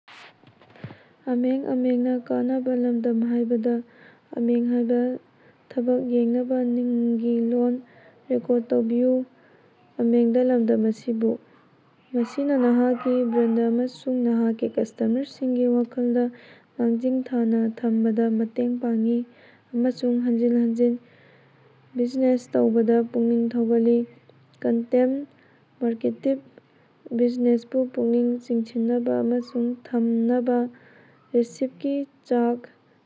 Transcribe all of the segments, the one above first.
ꯃꯁꯤꯅ ꯅꯍꯥꯛꯀꯤ ꯕ꯭ꯔꯥꯟꯗ ꯑꯗꯨ ꯅꯍꯥꯛꯀꯤ ꯀꯁ꯭ꯇꯃꯔꯁꯤꯡꯒꯤ ꯋꯥꯈꯜꯗ‌ ꯃꯥꯡꯖꯤꯜ ꯊꯥꯅ ꯊꯝꯕꯗ ꯃꯇꯦꯡ ꯄꯥꯡꯏ ꯑꯃꯁꯨꯡ ꯍꯟꯖꯤꯟ ꯍꯟꯖꯤꯟ ꯕꯤꯖꯤꯅꯦꯁ ꯇꯧꯕꯗ ꯄꯨꯛꯅꯤꯡ ꯊꯧꯒꯠꯂꯤ꯫ ꯀꯟꯇꯦꯟꯇ ꯃꯥꯔꯀꯦꯇꯤꯡ - ꯀꯁ꯭ꯇꯃꯔꯁꯤꯡꯕꯨ ꯄꯨꯛꯅꯤꯡ ꯆꯤꯡꯁꯤꯟꯅꯕ ꯑꯃꯁꯨꯡ ꯊꯝꯅꯕ ꯔꯦꯁꯤꯄꯤ, ꯆꯥꯛ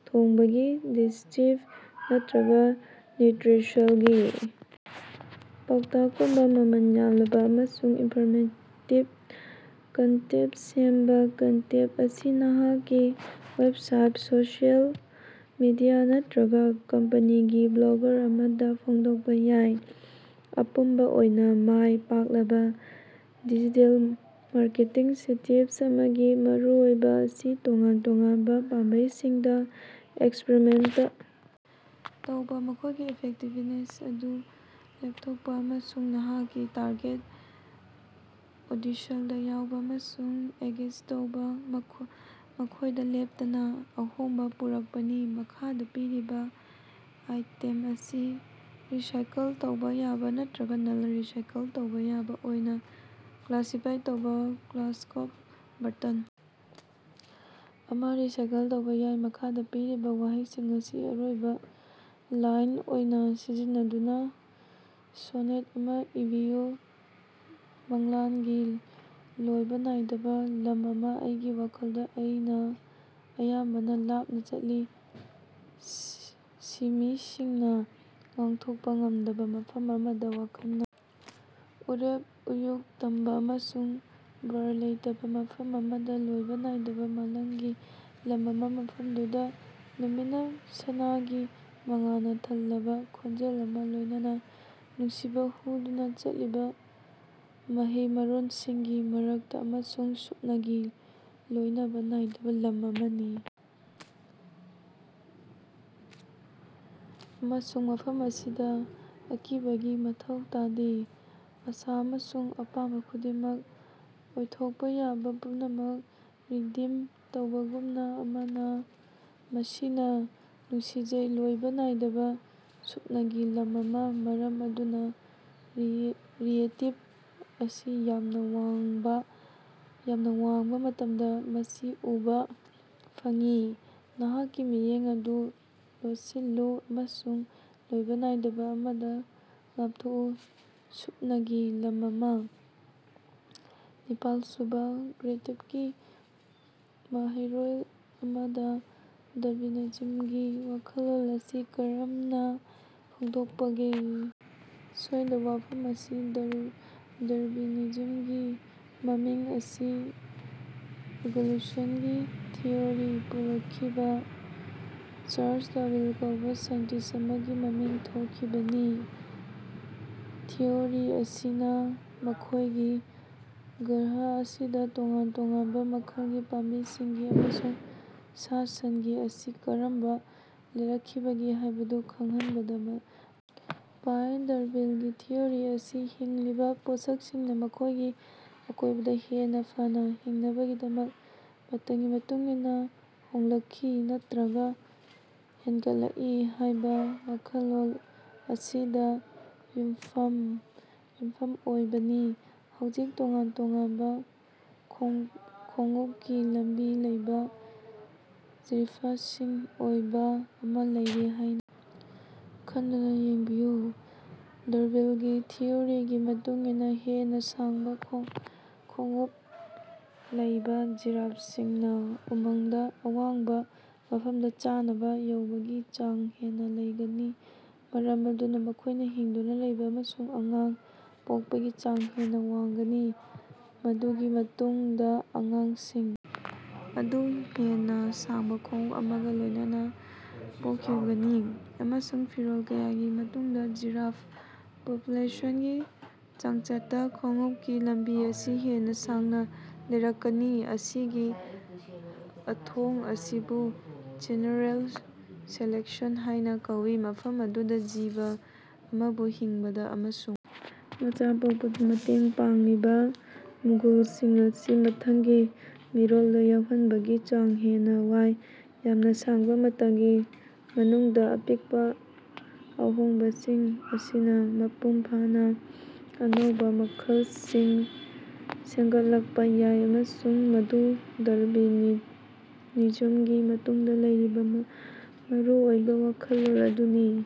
ꯊꯣꯡꯕꯒꯤ ꯇꯤꯞꯁ ꯅꯠꯇꯔꯒ ꯅ꯭ꯌꯨꯇꯔꯤꯁꯟꯒꯤ ꯄꯥꯎꯇꯥꯛꯀꯨꯝꯕ ꯃꯃꯜ ꯌꯥꯝꯂꯕ ꯑꯃꯁꯨꯡ ꯏꯟꯐꯣꯔꯃꯦꯇꯤꯕ ꯀꯟꯇꯦꯟꯇ ꯁꯦꯝꯕ꯫ ꯀꯟꯇꯦꯟꯇ ꯑꯁꯤ ꯅꯍꯥꯛꯀꯤ ꯋꯦꯕꯁꯥꯏꯠ, ꯁꯣꯁꯤꯑꯦꯜ ꯃꯤꯗꯤꯌꯥ ꯅꯠꯇꯔꯒ ꯀꯝꯄꯅꯤꯒꯤ ꯕ꯭ꯂꯣꯒ ꯑꯃꯗ ꯐꯣꯡꯗꯣꯛꯄ ꯌꯥꯏ꯫ ꯑꯄꯨꯟꯕ ꯑꯣꯏꯅ, ꯃꯥꯏ ꯄꯥꯛꯂꯕ ꯗꯤꯖꯤꯇꯦꯜ ꯃꯥꯔꯀꯦꯇꯤꯡ ꯁ꯭ꯠꯔꯦꯇꯦꯖꯤ ꯑꯃꯒꯤ ꯃꯔꯨꯑꯣꯏꯕ ꯑꯁꯤ ꯇꯣꯉꯥꯟ ꯇꯣꯉꯥꯟꯕ ꯄꯥꯝꯕꯩꯁꯤꯡꯗ ꯑꯦꯛꯁꯄꯔꯤꯃꯦꯟꯇ ꯇꯧꯕ, ꯃꯈꯣꯏꯒꯤ ꯏꯐꯦꯛꯇꯤꯕꯅꯦꯁ ꯑꯗꯨ ꯂꯦꯞꯊꯣꯛꯄ, ꯑꯃꯁꯨꯡ ꯅꯍꯥꯛꯀꯤ ꯇꯥꯔꯒꯦꯠ ꯑꯣꯗꯤꯁꯟꯁꯤꯡꯗ ꯌꯧꯕꯥ ꯑꯃꯁꯨꯡ ꯑꯦꯡꯒꯦꯖ ꯇꯧꯅꯕ ꯃꯈꯣꯏꯗ ꯂꯦꯞꯇꯅ ꯑꯍꯣꯡꯕ ꯄꯨꯔꯛꯄꯅꯤ꯫ ꯃꯈꯥꯗ ꯄꯤꯔꯤꯕ ꯑꯥꯏꯇꯦꯝ ꯑꯁꯤ ꯔꯤꯁꯥꯏꯀꯜ ꯇꯧꯕ‌ ꯌꯥꯕ ꯅꯠꯇꯔꯒ ꯅꯟ-ꯔꯤꯁꯥꯏꯀꯜ ꯇꯧꯕ ꯌꯥꯕ ꯑꯣꯏꯅ ꯀ꯭ꯂꯥꯁꯤꯐꯥꯏ ꯇꯧ꯫ ꯒ꯭ꯂꯥꯁꯀꯣꯛ ꯕꯣꯇꯜ ꯑꯃ ꯔꯤꯁꯥꯏꯀꯜ ꯇꯧꯕ ꯌꯥꯏ꯫ ꯃꯈꯥꯗ ꯄꯤꯔꯤꯕ ꯋꯥꯍꯩꯁꯤꯡ ꯑꯁꯤ ꯑꯔꯣꯏꯕ ꯂꯥꯏꯟ ꯑꯣꯏꯅ ꯁꯤꯖꯤꯟꯅꯗꯨꯅ ꯁꯣꯅꯦꯠ ꯑꯃ ꯏꯕꯤꯌꯨ꯫ ꯃꯪꯂꯥꯟꯒꯤ ꯂꯣꯏꯕ ꯅꯥꯏꯗꯕ ꯂꯝ ꯑꯃ - ꯑꯩꯒꯤ ꯋꯥꯈꯜꯗ, ꯑꯩꯅ ꯑꯌꯥꯝꯕꯅ ꯂꯥꯞꯅ ꯆꯠꯂꯤ, ꯁꯤꯃꯁꯤꯡꯅ ꯉꯥꯛꯊꯣꯛꯄ ꯉꯝꯗꯕ ꯃꯐꯝ ꯑꯃꯗ ꯋꯥꯈꯜꯅ ꯎꯔꯦꯞ ꯎꯌꯨꯡ ꯇꯝꯕ ꯑꯃꯁꯨꯡ ꯕꯥꯔ ꯂꯩꯇꯕ ꯃꯐꯝ ꯑꯃꯗ ꯂꯣꯏꯕ ꯅꯥꯏꯗꯕ ꯃꯪꯂꯥꯟꯒꯤ ꯂꯝ ꯑꯃ ꯃꯐꯝꯗꯨꯗ, ꯅꯨꯃꯤꯠꯅ ꯁꯅꯥꯒꯤ ꯃꯉꯥꯜꯅ ꯊꯜꯂꯕ ꯈꯣꯟꯖꯦꯜ ꯑꯃꯒ ꯂꯣꯏꯅꯅ ꯅꯨꯡꯁꯤꯠꯅ ꯍꯨꯝꯗꯨꯅ ꯆꯠꯂꯤꯕ ꯃꯍꯩ ꯃꯔꯣꯡꯁꯤꯡꯒꯤ ꯃꯔꯛꯇ꯫ ꯑꯃꯁꯨꯡ ꯁꯨꯞꯅꯒꯤ ꯂꯣꯏꯕ ꯅꯥꯏꯗꯕ ꯂꯝ ꯑꯃꯅꯤ ꯑꯃꯁꯨꯡ ꯃꯐꯝ ꯑꯁꯤꯗ, ꯑꯀꯤꯕꯒꯤ ꯃꯊꯧ ꯇꯥꯗꯦ ꯑꯥꯁꯥ ꯑꯃꯁꯨꯡ ꯑꯄꯥꯝꯕ ꯈꯨꯗꯤꯡꯃꯛꯅ ꯑꯣꯏꯊꯣꯛꯄ ꯌꯥꯕ ꯄꯨꯝꯅꯃꯛ ꯔꯤꯗꯤꯝ ꯇꯧꯕꯒꯨꯝꯅꯥ, ꯃꯁꯤꯅ ꯅꯨꯡꯁꯤꯖꯩ ꯂꯣꯏꯕ ꯅꯥꯏꯗꯕ ꯁꯨꯞꯅꯒꯤ ꯂꯝ ꯑꯃ ꯃꯔꯝ ꯑꯗꯨꯅ ꯔꯤꯑꯦꯂꯤꯇꯤ ꯑꯁꯤ ꯌꯥꯝꯅ ꯋꯥꯡꯂꯕ‌ ꯃꯇꯝꯗ ꯃꯁꯤ ꯎꯕꯥ ꯐꯪꯏ ꯅꯍꯥꯛꯀꯤ ꯃꯤꯠꯌꯦꯡ ꯑꯗꯨ ꯂꯣꯠꯁꯤꯜꯂꯨ ꯑꯃꯁꯨꯡ ꯂꯣꯏꯕ ꯅꯥꯏꯗꯕ ꯑꯃꯗ ꯂꯥꯞꯊꯣꯛꯎ ꯁꯨꯞꯅꯒꯤ ꯂꯝ ꯑꯃ꯫ ꯅꯤꯄꯥꯜꯁꯨꯕ ꯒ꯭ꯔꯦꯗꯀꯤ ꯃꯍꯩꯔꯣꯏ ꯑꯃꯗ ꯗꯥꯔꯕꯤꯅꯤꯖꯝꯒꯤ ꯋꯥꯈꯜꯂꯣꯟ ꯑꯁꯤ ꯀꯔꯝꯅꯥꫪ ꯐꯣꯡꯗꯣꯛꯀꯅꯤ? ꯁꯣꯏꯗꯕ ꯋꯥꯐꯝ ꯑꯁꯤ, ꯗꯥꯔꯕꯤꯅꯤꯖꯝꯒꯤ ꯃꯃꯤꯡ ꯑꯁꯤ ꯏꯚꯣꯂꯨꯁꯟꯒꯤ ꯊꯤꯑꯣꯔꯤ ꯄꯨꯔꯛꯈꯤꯕ ꯆꯥꯔ꯭ꯂꯁ ꯗꯥꯔꯕꯤꯟ ꯀꯧꯕ ꯁꯥꯏꯟꯇꯤꯁ꯭ꯠ ꯑꯃꯒꯤ ꯃꯃꯤꯡ ꯊꯣꯟꯈꯤꯕꯅꯤ꯫ ꯊꯤꯑꯣꯔꯤ ꯑꯁꯤꯅ ꯑꯩꯈꯣꯏꯒꯤ ꯒ꯭ꯔꯍ ꯑꯁꯤꯗ ꯇꯣꯉꯥꯟ ꯇꯣꯉꯥꯟꯕ ꯃꯈꯜꯒꯤ ꯄꯥꯝꯕꯤꯁꯤꯡ ꯑꯃꯁꯨꯡ ꯁꯥ-ꯁꯟꯁꯤꯡ ꯑꯁꯤ ꯀꯔꯝꯅ ꯂꯩꯔꯛꯈꯤꯕꯒꯦ ꯍꯥꯏꯕꯗꯨ ꯈꯪꯍꯟꯕꯗ ꯃꯇꯦꯡ ꯄꯥꯡꯏ꯫ ꯗꯥꯔꯕꯤꯟꯒꯤ ꯊꯤꯑꯣꯔꯤ ꯑꯁꯤ ꯍꯤꯡꯂꯤꯕ ꯄꯣꯠꯁꯛꯁꯤꯡꯅ ꯃꯈꯣꯏꯒꯤ ꯑꯀꯣꯏꯕꯗ ꯍꯦꯟꯅ ꯐꯅ ꯍꯤꯡꯅꯕꯒꯤꯗꯃꯛ ꯃꯇꯝꯒꯤ ꯃꯇꯨꯡ ꯏꯟꯅ ꯍꯣꯡꯂꯛꯂꯤ, ꯅꯠꯇꯔꯒ ꯍꯦꯟꯒꯠꯂꯛꯏ ꯍꯥꯏꯕ ꯋꯥꯈꯜꯂꯣꯟ ꯑꯁꯤꯗ ꯌꯨꯝꯐꯝ ꯑꯣꯏꯕꯅꯤ꯫ ꯍꯧꯖꯤꯛ, ꯇꯣꯉꯥꯟ ꯇꯣꯉꯥꯟꯕ ꯈꯣꯡꯎꯞꯀꯤ ꯂꯝꯕꯤ ꯂꯩꯕ ꯖꯤꯔꯥꯐꯁꯤꯡꯒꯤ ꯈꯣꯡꯕꯨ ꯑꯃ ꯂꯩꯔꯦ ꯍꯥꯏꯅ ꯈꯟꯗꯨꯅ ꯌꯦꯡꯕꯤꯌꯨ꯫ ꯗꯥꯔꯕꯤꯟꯒꯤ ꯊꯤꯑꯣꯔꯤꯒꯤ ꯃꯇꯨꯡ ꯏꯟꯅ ꯍꯦꯟꯅ ꯁꯥꯡꯕ ꯈꯣꯡꯎꯞ ꯂꯩꯕ ꯖꯤꯔꯥꯐꯁꯤꯡꯅ ꯎꯃꯪꯗ ꯑꯋꯥꯡꯕ ꯃꯐꯝꯗ ꯆꯥꯅꯕ ꯌꯧꯕꯒꯤ ꯆꯥꯡ ꯍꯦꯟꯅ ꯂꯩꯒꯅꯤ, ꯃꯔꯝ ꯑꯗꯨꯅ ꯃꯈꯣꯏꯅ ꯍꯤꯡꯗꯨꯅ ꯂꯩꯕ ꯑꯃꯁꯨꯡ ꯑꯉꯥꯡ ꯄꯣꯛꯄꯒꯤ ꯆꯥꯡ ꯍꯦꯟꯅ ꯋꯥꯡꯒꯅꯤ꯫ ꯃꯗꯨꯒꯤ ꯃꯇꯨꯡꯗ ꯑꯉꯥꯡꯁꯤꯡ ꯑꯗꯨ ꯍꯦꯟꯅ ꯁꯥꯡꯕ ꯈꯣꯡꯎꯞ ꯑꯃꯒ ꯂꯣꯏꯅꯅ ꯄꯣꯛꯈꯤꯒꯅꯤ, ꯑꯃꯁꯨꯡ ꯃꯤꯔꯣꯜ ꯀꯌꯥꯒꯤ ꯃꯇꯨꯡꯗ ꯖꯤꯔꯥꯐ ꯄꯣꯄꯨꯂꯦꯁꯟꯒꯤ ꯆꯥꯡꯆꯠꯇ ꯈꯣꯡꯎꯞꯀꯤ ꯂꯝꯕꯤ ꯑꯁꯤ ꯍꯦꯟꯅ ꯁꯥꯡꯅ ꯂꯩꯔꯛꯀꯅꯤ꯫ ꯃꯁꯤꯒꯤ ꯊꯧꯑꯣꯡ ꯑꯁꯤꯕꯨ ꯅꯦꯆꯔꯦꯜ ꯁꯦꯂꯦꯛꯁꯟ ꯍꯥꯏꯅ ꯀꯧꯏ, ꯃꯐꯝ ꯑꯗꯨꯗ ꯖꯤꯕ ꯑꯃꯕꯨ ꯍꯤꯡꯕꯗ‌ ꯑꯃꯁꯨꯡ ꯃꯆꯥ ꯄꯣꯛꯄꯗ ꯃꯇꯦꯡ ꯄꯥꯡꯂꯤꯕ ꯃꯒꯨꯟꯁꯤꯡ ꯑꯁꯤ ꯃꯊꯪꯒꯤ ꯃꯤꯔꯣꯜꯗ ꯌꯧꯍꯟꯕꯒꯤ ꯆꯥꯡ ꯍꯦꯟꯅ ꯋꯥꯡꯏ꯫ ꯌꯥꯝꯅ ꯁꯥꯡꯕ ꯃꯇꯝꯒꯤ ꯃꯅꯨꯡꯗ ꯑꯄꯤꯛꯄ ꯑꯍꯣꯡꯕꯁꯤꯡ ꯑꯁꯤꯅ ꯃꯄꯨꯡꯐꯥꯅ ꯑꯅꯧꯕ ꯃꯈꯜꯁꯤꯡ ꯁꯦꯝꯒꯠꯂꯛꯄ ꯌꯥꯏ꯫ ꯑꯃꯁꯨꯡ ꯃꯗꯨ ꯗꯥꯔꯕꯤꯅꯤꯖꯝꯒꯤ ꯃꯇꯨꯡꯗ ꯂꯩꯔꯤꯕ ꯃꯔꯨ ꯑꯣꯏꯕ ꯋꯥꯈꯜꯂꯣꯟ ꯑꯗꯨꯅꯤ꯫